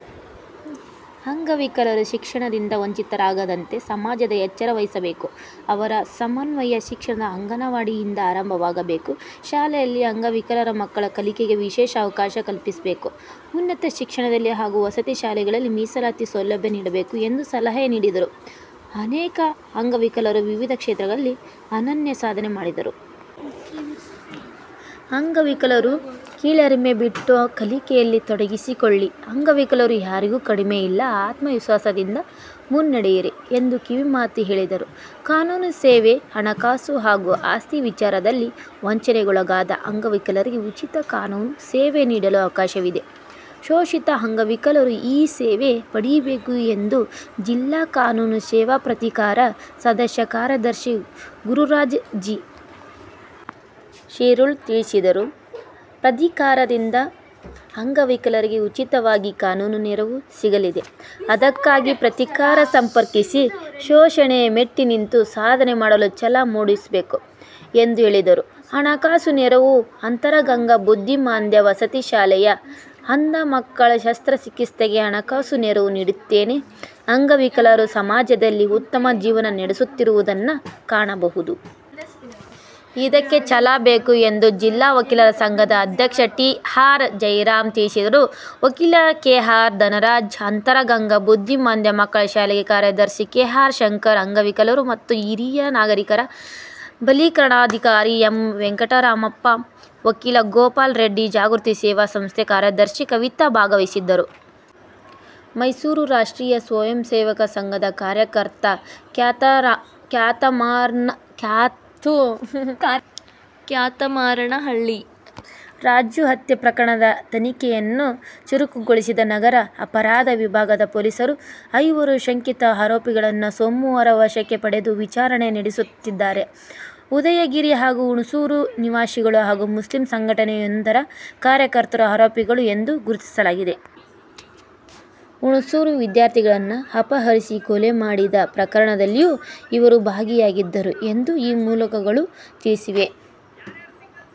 'ಅಂಗವಿಕಲರು ಶಿಕ್ಷಣದಿಂದ ವಂಚಿತರಾಗದಂತೆ ಸಮಾಜ ಎಚ್ಚರ ವಹಿಸಬೇಕು. ಅವರ ಸಮನ್ವಯ ಶಿಕ್ಷಣ ಅಂಗನವಾಡಿಯಿಂದ ಆರಂಭವಾಗಬೇಕು. ಶಾಲೆಗಳಲ್ಲಿ ಅಂಗವಿಕಲ ಮಕ್ಕಳ ಕಲಿಕೆಗೆ ವಿಶೇಷ ಅವಕಾಶ ಕಲ್ಪಿಸಬೇಕು. ಉನ್ನತ ಶಿಕ್ಷಣದಲ್ಲಿ ಹಾಗೂ ವಸತಿ ಶಾಲೆಗಳಲ್ಲಿ ಮೀಸಲಾತಿ ಸೌಲಭ್ಯ ನೀಡಬೇಕು' ಎಂದು ಸಲಹೆ ನೀಡಿದರು. 'ಅನೇಕ ಅಂಗವಿಕಲರು ವಿವಿಧ ಕ್ಷೇತ್ರಗಳಲ್ಲಿ ಅನನ್ಯ ಸಾಧನೆ ಮಾಡಿದ್ದಾರೆ. ಅಂಗವಿಕಲರು ಕೀಳರಿಮೆ ಬಿಟ್ಟು ಕಲಿಕೆಯಲ್ಲಿ ತೊಡಗಿಸಿಕೊಳ್ಳಿ. ಅಂಗವಿಕಲರು ಯಾರಿಗೂ ಕಡಿಮೆಯಿಲ್ಲ. ಆತ್ಮವಿಶ್ವಾಸದಿಂದ ಮುನ್ನಡೆಯಿರಿ' ಎಂದು ಕಿವಿಮಾತು ಹೇಳಿದರು. ಕಾನೂನು ಸೇವೆ: 'ಹಣಕಾಸು ಹಾಗೂ ಆಸ್ತಿ ವಿಚಾರದಲ್ಲಿ ವಂಚನೆಗೊಳಗಾದ ಅಂಗವಿಕಲರಿಗೆ ಉಚಿತ ಕಾನೂನು ಸೇವೆ ನೀಡಲು ಅವಕಾಶವಿದೆ. ಶೋಷಿತ ಅಂಗವಿಕಲರು ಈ ಸೇವೆ ಪಡೆಯಬೇಕು' ಎಂದು ಜಿಲ್ಲಾ ಕಾನೂನು ಸೇವಾ ಪ್ರಾಧಿಕಾರದ ಸದಸ್ಯ ಕಾರ್ಯದರ್ಶಿ ಗುರುರಾಜ್ ಜಿ. ಶಿರೋಳ್ ತಿಳಿಸಿದರು. 'ಪ್ರಾಧಿಕಾರದಿಂದ ಅಂಗವಿಕಲರಿಗೆ ಉಚಿತವಾಗಿ ಕಾನೂನು ನೆರವು ಸಿಗಲಿದೆ. ಇದಕ್ಕಾಗಿ ಪ್ರಾಧಿಕಾರ ಸಂಪರ್ಕಿಸಿ. ಶೋಷಣೆ ಮೆಟ್ಟಿನಿಂತು ಸಾಧನೆ ಮಾಡುವ ಛಲ ಮೂಡಬೇಕು' ಎಂದು ಹೇಳಿದರು. ಹಣಕಾಸು ನೆರವು: 'ಅಂತರಗಂಗಾ ಬುದ್ಧಿಮಾಂದ್ಯ ವಸತಿ ಶಾಲೆಯ ಅಂಧ ಮಕ್ಕಳ ಶಸ್ತ್ರಚಿಕಿತ್ಸೆಗೆ ಹಣಕಾಸು ನೆರವು ನೀಡುತ್ತೇನೆ. ಅಂಗವಿಕಲರು ಸಮಾಜದಲ್ಲಿ ಉತ್ತಮ ಜೀವನ ನಡೆಸುತ್ತಿರುವುದನ್ನು ಕಾಣಬಹುದು. ಇದಕ್ಕೆ ಛಲ ಬೇಕು ಎಂದು ಜಿಲ್ಲಾ ವಕೀಲರ ಸಂಘದ ಅಧ್ಯಕ್ಷ ಟಿ. ಆರ್. ಜಯರಾಮ್ ತಿಳಿಸಿದರು. ವಕೀಲ ಕೆ. ಆರ್. ಧನರಾಜ್, ಅಂತರಗಂಗಾ ಬುದ್ಧಿಮಾಂದ್ಯ ಮಕ್ಕಳ ಶಾಲೆ ಕಾರ್ಯದರ್ಶಿ ಕೆ.ಎಸ್. ಶಂಕರ್, ಅಂಗವಿಕಲರು ಮತ್ತು ಹಿರಿಯ ನಾಗರೀಕರ ಸಬಲೀಕರಣಾಧಿಕಾರಿ ಎಂ. ವೆಂಕಟರಾಮಪ್ಪ, ವಕೀಲ ಗೋಪಾಲರೆಡ್ಡಿ, ಜಾಗೃತಿ ಸೇವಾ ಸಂಸ್ಥೆ ಕಾರ್ಯದರ್ಶಿ ಕವಿತಾ ಭಾಗವಹಿಸಿದ್ದರು. ಮೈಸೂರು: ರಾಷ್ಟ್ರೀಯ ಸ್ವಯಂ ಸೇವಕ ಸಂಘದ ಕಾರ್ಯಕರ್ತ ಕ್ಯಾತಮಾರನಹಳ್ಳಿ ರಾಜು ಹತ್ಯೆ ಪ್ರಕರಣದ ತನಿಖೆಯನ್ನು ಚುರುಕುಗೊಳಿಸಿದ ನಗರ ಅಪರಾಧ ವಿಭಾಗದ ಪೊಲೀಸರು, ಐವರು ಶಂಕಿತ ಆರೋಪಿಗಳನ್ನು ಸೋಮವಾರ ವಶಕ್ಕೆ ಪಡೆದು ವಿಚಾರಣೆ ನಡೆಸುತ್ತಿದ್ದಾರೆ. ಉದಯಗಿರಿ ಹಾಗೂ ಹುಣಸೂರು ನಿವಾಸಿಗಳು ಹಾಗೂ ಮುಸ್ಲಿಂ ಸಂಘಟನೆಯೊಂದರ ಕಾರ್ಯಕರ್ತರು ಆರೋಪಿಗಳು ಎಂದು ಗುರುತಿಸಲಾಗಿದೆ. ಹುಣಸೂರು ವಿದ್ಯಾರ್ಥಿಗಳನ್ನು ಅಪಹರಿಸಿ ಕೊಲೆ ಮಾಡಿದ ಪ್ರಕರಣದಲ್ಲಿಯೂ ಇವರು ಭಾಗಿಯಾಗಿದ್ದರು ಎಂದು ಮೂಲಗಳು ತಿಳಿಸಿವೆ.